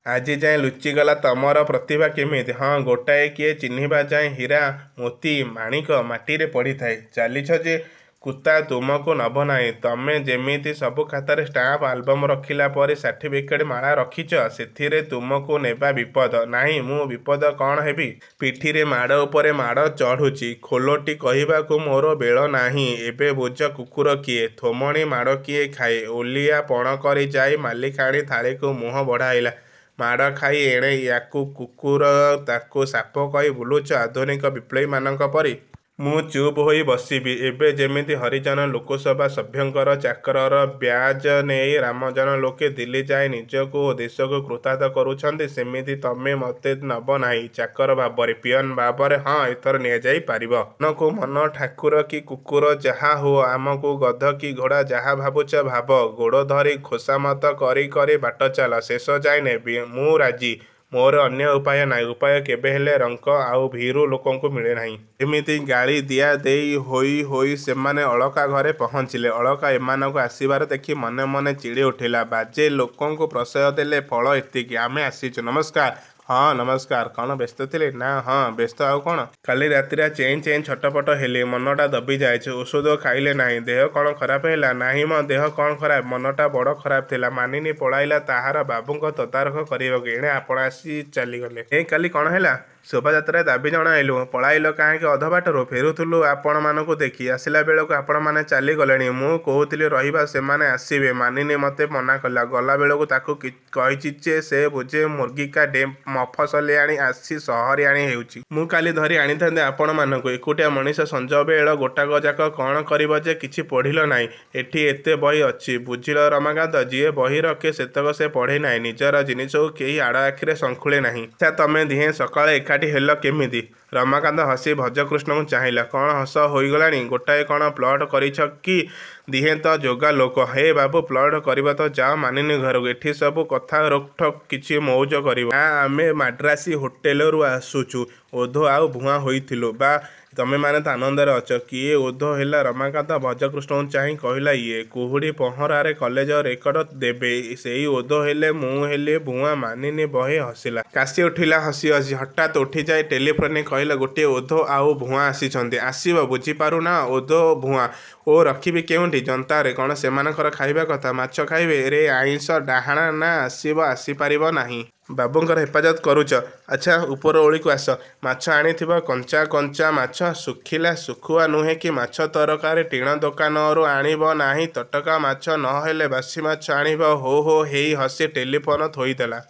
ଆଜିଯାଏ ଲୁଚିଗଲା ତମର ପ୍ରତିଭା କେମିତି? –ହଁ, ଗୋଟାଏ କିଏ ଚିହ୍ନିବାଯାଏ ହୀରା–ମୋତି–ମାଣିକ ମାଟିରେ ପଡ଼ିଥାଏ। –ଚାଲିଛ ଯେ। କୁତା ତୁମକୁ ନବନାହିଁ। ତମେ ଯେମିତି ସବୁ ଖାତାରେ ଷ୍ଟାମ୍ପ ଆଲବମ୍ ରଖିଲା ପରି ସାର୍ଟିଫିକେଟ୍ ମାଳା ରଖିଛ। ସେଥିରେ ତୁମକୁ ନେବା ବିପଦ। –ନାହିଁ, ମୁଁ ବିପଦ କ'ଣ ହେବି? ପିଠିରେ ମାଡ଼ ଉପରେ ମାଡ଼ ଚଢ଼ୁଛି। ଖୋଲଟି କହିବାକୁ ମୋର ବେଳ ନାହିଁ? –ଏବେ ବୁଝ କୁକୁର କିଏ? ଥୋମଣି–ମାଡ଼ କିଏ ଖାଏ। ଓଲିଆ ପଣ କରି ଯାଇ ମାଲିକାଣି ଥାଳିକୁ ମୁହଁ ବଢ଼ାଇଲ। ମାଡ଼ ଖାଇ ଏଣେ ୟା'କୁ କୁକୁର, ତାକୁ ସାପ କହି ବୁଲୁଛ–ଆଧୁନିକ ବିପ୍ଳବୀମାନଙ୍କ ପରି। –ମୁଁ ଚୁପ୍ ହୋଇ ବସିବି। ଏବେ ଯେମିତି ହରିଜନ ଲୋକସଭା ସଭ୍ୟଙ୍କର ଚାକରର ବ୍ୟାଜ୍ ନେଇ ରାମଜନ ଲୋକେ ଦିଲ୍ଲୀ ଯାଇ ନିଜକୁ ଓ ଦେଶକୁ କୃତାର୍ଥ କରୁଛନ୍ତି ସେମିତି ତମେ ମତେ ନବ ନାହିଁ–ଚାକର ଭାବରେ? –ପିଅନ୍ ଭାବରେ? –ହଁ, ଏଥର ନିଆଯାଇ ପାରିବ। ମନକୁ ମନ ଠାକୁର କି କୁକୁର ଯାହା ହୁଅ, ଆମକୁ ଗଧ, କି ଘୋଡ଼ା ଯାହା ଭାବୁଛ ଭାବ–ଗୋଡ଼ଧରି ଖୋସାମତ କରି କରି ବାଟ ଚାଲ। ଶେଷ ଯାଏ ନେବି। –ମୁଁ ରାଜି। ମୋର ଅନ୍ୟ ଉପାୟ ନାହିଁ। –ଉପାୟ କେବେହେଲେ ରଙ୍କ ଆଉ ଭୀରୁ ଲୋକଙ୍କୁ ମିଳେ ନାହିଁ। ଏମିତି ଗାଳି ଦିଆ ଦେଇ ହୋଇ ହୋଇ ସେମାନେ ଅଳକା ଘରେ ପହଞ୍ଚିଲେ। ଅଳକା ଏମାନଙ୍କୁ ଆସିବାର ଦେଖି ମନେ ମନେ ଚିଡ଼ି ଉଠିଲା–ବାଜେ ଲୋକଙ୍କୁ ପ୍ରଶ୍ରୟ ଦେଲେ ଫଳ ଏତିକି? –ଆମେ ଆସିଛୁ। ନମସ୍କାର। –ହଁ, ନମସ୍କାର। –କ'ଣ ବ୍ୟସ୍ତ ଥିଲେ? –ନା–ହଁ। ବ୍ୟସ୍ତ ଆଉ କ'ଣ। କାଲି ରାତିଟା ଚେଇଁ ଚେଇଁ ଛଟପଟ ହେଲି। ମନଟା ଦବି ଯାଇଛି। –ଔଷଧ ଖାଇଲେ ନାହିଁ। ଦେହ କ'ଣ ଖରାପ ହେଲା? –ନାହିଁ ମ ଦେହ କ'ଣ ଖରାପ? ମନଟା ବଡ଼ ଖରାପ ଥିଲା। ମାନିନୀ ପଳାଇଲା ତାହାର ବାବୁଙ୍କ ତଦାରଖ କରିବାକୁ। ଏଣେ ଆପଣ ଆସି ଚାଲିଗଲେ। ହେ, କାଲି କ'ଣ ହେଲା? –ଶୋଭାଯାତ୍ରାରେ ଦାବୀ ଜଣାଇଲୁ? –ପଳାଇଲ କାହିଁକି ଅଧବାଟରୁ? –ଫେରୁଥିଲୁ ଆପଣମାନଙ୍କୁ ଦେଖି। ଆସିଲା ବେଳକୁ ଆପଣମାନେ ଚାଲିଗଲେଣି। ମୁଁ କହୁଥିଲି ରହିବା–ସେମାନେ ଆସିବେ। ମାନିନୀ ମତେ ମନାକଲା–ଗଲାବେଳକୁ ତା'କୁ କହିଛି ଯେ ସେ ବୁଝେ ମୁରଗିକା ଡିମ୍। –ମଫସଲିଆଣି ଆସି ସହରିଆଣି ହେଉଛି। –ମୁଁ କାଲି ଧରି ଆଣିଥାନ୍ତି ଆପଣମାନଙ୍କୁ-। ଏକୁଟିଆ ମଣିଷ ସଞ୍ଜବେଳ ଗୋଟାକ ଯାକ କ'ଣ କରିବ ଯେ –କିଛି ପଢ଼ିଲ ନାହିଁ। ଏଠି ଏତେ ବହି ଅଛି। –ବୁଝିଲ ରମାକାନ୍ତ–ଯିଏ ବହି ରଖେ ସେତକ ସେ ପଢ଼େ ନାହିଁ। ନିଜର ଜିନିଷକୁ କେହି ଆଡ଼ ଆଖିରେ ସଙ୍ଖୁଳେ ନାହିଁ। ଆଚ୍ଛା, ତମେ ଦିହେଁ ସକାଳେ ଏକାଠି ହେଲ କେମିତି? ରମାକାନ୍ତ ହସି ଭଜକୃଷ୍ଣଙ୍କୁ ଚାହିଁଲା। –କ'ଣ ହସ ହୋଇଗଲାଣି? ଗୋଟାଏ କ'ଣ ପ୍ଲଟ କରିଛ କି? ଦିହେଁ ତ ଯୋଗା ଲୋକ। ହେ ବାବୁ, ପ୍ଲଟ କରିବ ତ ଯାଅ ମାନିନୀ ଘରକୁ। ଏଠି ସବୁ କଥା ରୋକ୍ ଠୋକ୍–କିଛି ମଉଜ କରିବ? –ନା, ଆମେ ମାଡ୍ରାସି ହୋଟେଲରୁ ଆସୁଛୁ। –ଓଧ ଆଉ ଭୁଆଁ ହୋଇଥିଲୁ। –ବାଃ, ତମେମାନେ ତ ଆନନ୍ଦରେ ଅଛ। କିଏ ଓଧ ହେଲା? ରମାକାନ୍ତ ଭଜକୃଷ୍ଣକୁ ଚାହିଁ କହିଲା–ଇଏ। କୁହୁଡ଼ି–ପହଁରାରେ କଲେଜ ରେକର୍ଡ଼ ଦେବେ। ସେଇ ଓଧ ହେଲେ। ମୁଁ ହେଲି ଭୁଆଁ। ମାନିନୀ ବହେ ହସିଲା। କାଶି ଉଠିଲା ହସି ହସି। ହଠାତ୍ ଉଠିଯାଇ ଟେଲିଫୋନ୍ରେ କହିଲା– –ଗୋଟିଏ ଓଧ ଆଉ ଭୁଆଁ ଆସିଛନ୍ତି। ଆସିବ। –ବୁଝି ପାରୁ ନାହଁ। ଓଧ–ଭୁଆଁ। –ଓ, ରଖିବି କେଉଁଠି? –ଯନ୍ତାରେ। –କ'ଣ ସେମାନଙ୍କର ଖାଇବା କଥା? –ମାଛ ଖାଇବେ। ରେ ଆଇଁଷ–ଡାହାଣା ନା-।... ଆସିବ? –ଆସି ପାରିବ ନାହିଁ। ବାବୁଙ୍କର ହେପାଜତ୍ କରୁଚ।... ଆଚ୍ଛା, ଉପରଓଳିକୁ ଆସ। ମାଛ ଆଣିଥିବ–କଞ୍ଚା–କଞ୍ଚା ମାଛ। ଶୁଖିଲା ଶୁଖୁଆ ନୁହେଁ କି ମାଛ ତରକାରି ଟିଣ ଦୋକାନରୁ ଆଣିବ ନାହିଁ। ତଟକା ମାଛ ନ ହେଲେ ବାସି ମାଛ ଆଣିବ ହୋ ହୋ ହେଇ ହସି ଟେଲିଫୋନ ଥୋଇ ଦେଲା।